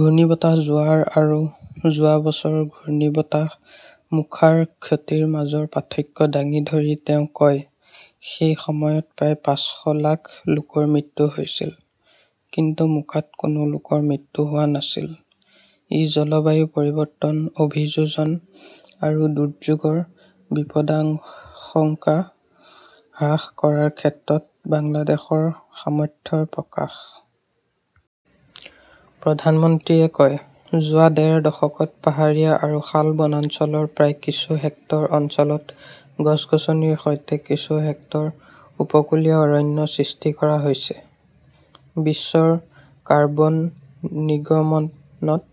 ঘূৰ্ণীবতাহ জোৱাৰ আৰু যোৱা বছৰৰ ঘূৰ্ণীবতাহ মোখাৰ ক্ষতিৰ মাজৰ পাৰ্থক্য দাঙি ধৰি তেওঁ কয়, সেই সময়ত প্ৰায় পাঁচ লাখ লোকৰ মৃত্যু হৈছিল। কিন্তু মোকাত কোনো লোকৰ মৃত্যু হোৱা নাছিল। ই জলবায়ু পৰিৱৰ্তন অভিযোজন আৰু দুৰ্যোগৰ বিপদাশংকা হ্ৰাস কৰাৰ ক্ষেত্ৰত বাংলাদেশৰ সামৰ্থ্যৰ প্ৰকাশ। প্ৰধানমন্ত্ৰীয়ে কয়, যোৱা ডেৰ দশকত পাহাৰীয়া আৰু শাল বনাঞ্চলৰ প্ৰায় কিছু হেক্টৰ অঞ্চলত গছ গছনিৰ সৈতে কিছু হেক্টৰ উপকূলীয় অৰণ্য সৃষ্টি কৰা হৈছে। বিশ্বৰ কাৰ্বন নিৰ্গমনত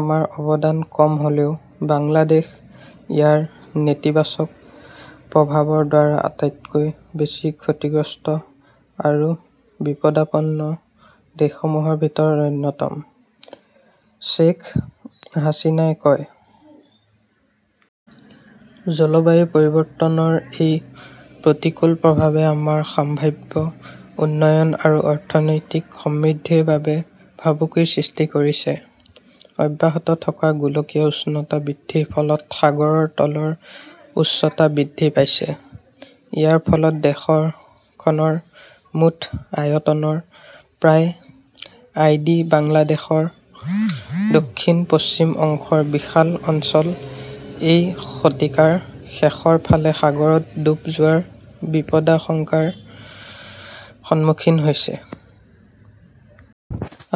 আমাৰ অৱদান কম হ'লেও বাংলাদেশ ইয়াৰ নেতিবাচক প্ৰভাৱৰ দ্বাৰা আটাইতকৈ বেছি ক্ষতিগ্ৰস্ত আৰু বিপদাপন্ন দেশসমূহৰ ভিতৰত অন্যতম, শ্বেখ হাছিনাই কয়। জলবায়ু পৰিৱৰ্তনৰ এই প্ৰতিকূল প্ৰভাৱে আমাৰ সম্ভাৱ্য উন্নয়ন আৰু অৰ্থনৈতিক সমৃদ্ধিৰ বাবে ভাবুকিৰ সৃষ্টি কৰিছে। অব্যাহত থকা গোলকীয় উষ্ণতা বৃদ্ধিৰ ফলত সাগৰৰ তলৰ উচ্চতা বৃদ্ধি পাইছে। ইয়াৰ ফলত দেশখনৰ মুঠ আয়তনৰ প্ৰায় আই ডি বাংলাদেশৰ দক্ষিণ পশ্চিম অংশৰ বিশাল অঞ্চল এই শতিকাৰ শেষৰ ফালে সাগৰত ডুব যোৱাৰ বিপদাশংকাৰ সন্মুখীন হৈছে।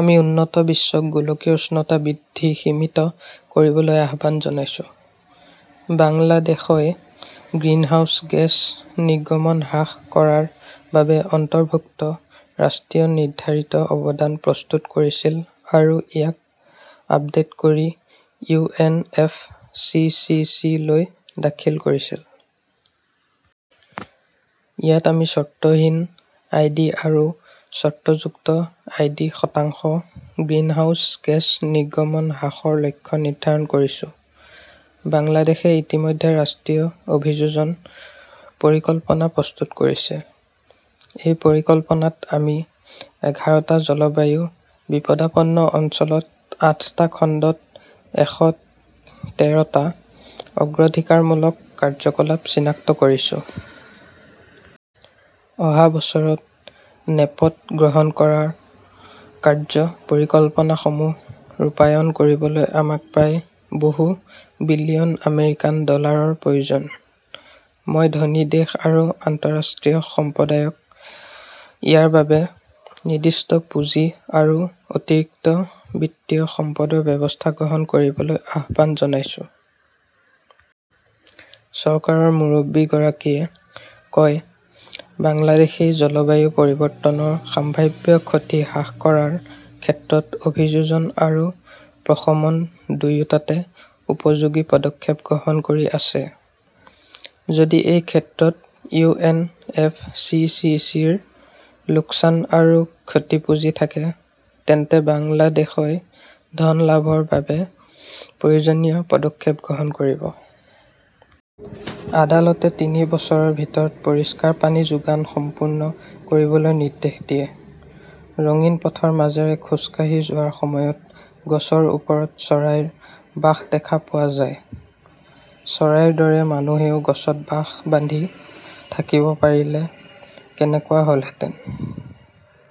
আমি উন্নত বিশ্বক গোলকীয় উষ্ণতা বৃদ্ধি সীমিত কৰিবলৈ আহ্বান জনাইছো। বাংলাদেশই গ্ৰিনহাউজ গেছ নিৰ্গমন হ্ৰাস কৰাৰ বাবে অন্তৰ্ভুক্ত ৰাষ্ট্ৰীয় নিৰ্ধাৰিত অৱদান প্ৰস্তুত কৰিছিল আৰু ইয়াক আপডেট কৰি U N F C C C লৈ দাখিল কৰিছিল। ইয়াত আমি চৰ্তহীন আই ডি আৰু চৰ্তযুক্ত আই ডি শতাংশ গ্ৰিনহাউজ গেছ নিৰ্গমন হ্ৰাসৰ লক্ষ্য নিৰ্ধাৰণ কৰিছো। বাংলাদেশ ইতিমধ্যে ৰাষ্ট্ৰীয় অভিযোজন পৰিকল্পনা প্ৰস্তুত কৰিছে। এই পৰিকল্পনাত আমি এঘাৰটা জলবায়ু বিপদাপন্ন অঞ্চলত আঠটা খণ্ডত এশ তেৰটা অগ্ৰাধিকাৰমূলক কাৰ্যকলাপ চিনাক্ত কৰিছো। অহা বছৰত নেপত গ্ৰহণ কৰা কাৰ্য্য পৰিকল্পনাসমূহ ৰূপায়ণ কৰিবলৈ আমাক প্ৰায় বহু বিলিয়ন আমেৰিকান ডলাৰৰ প্ৰয়োজন। মই ধনী দেশ আৰু আন্তঃৰাষ্ট্ৰীয় সম্প্ৰদায়ক ইয়াৰ বাবে নিৰ্দিষ্ট পুঁজি আৰু অতিৰিক্ত বিত্তীয় সম্পদৰ ব্যৱস্থা গ্ৰহণ কৰিবলৈ আহ্বান জনাইছো। চৰকাৰৰ মুৰব্বীগৰাকীয়ে কয়, বাংলাদেশই জলবায়ু পৰিৱৰ্তনৰ সম্ভাৱ্য ক্ষতি হ্ৰাস কৰাৰ ক্ষেত্ৰত অভিযোজন আৰু প্ৰশমন দুয়োটাতে উপযোগী পদক্ষেপ গ্ৰহণ কৰি আছে। যদি এই ক্ষেত্ৰত U N F C C চিৰ লোকচান আৰু ক্ষতি পুঁজি থাকে, তেন্তে বাংলাদেশই ধন লাভৰ বাবে প্ৰয়োজনীয় পদক্ষেপ গ্ৰহণ কৰিব। আদালতে তিনি বছৰৰ ভিতৰত পৰিষ্কাৰ পানী যোগান সম্পূৰ্ণ কৰিবলৈ নিৰ্দেশ দিয়ে। ৰঙীন পথৰ মাজেৰে খোজ কাঢ়ি যোৱাৰ সময়ত গছৰ ওপৰত চৰাইৰ বাস দেখা পোৱা যায়। চৰাইৰ দৰে মানুহেও গছত বাস বান্ধি থাকিব পাৰিলে কেনেকুৱা হ'লহেঁতেন।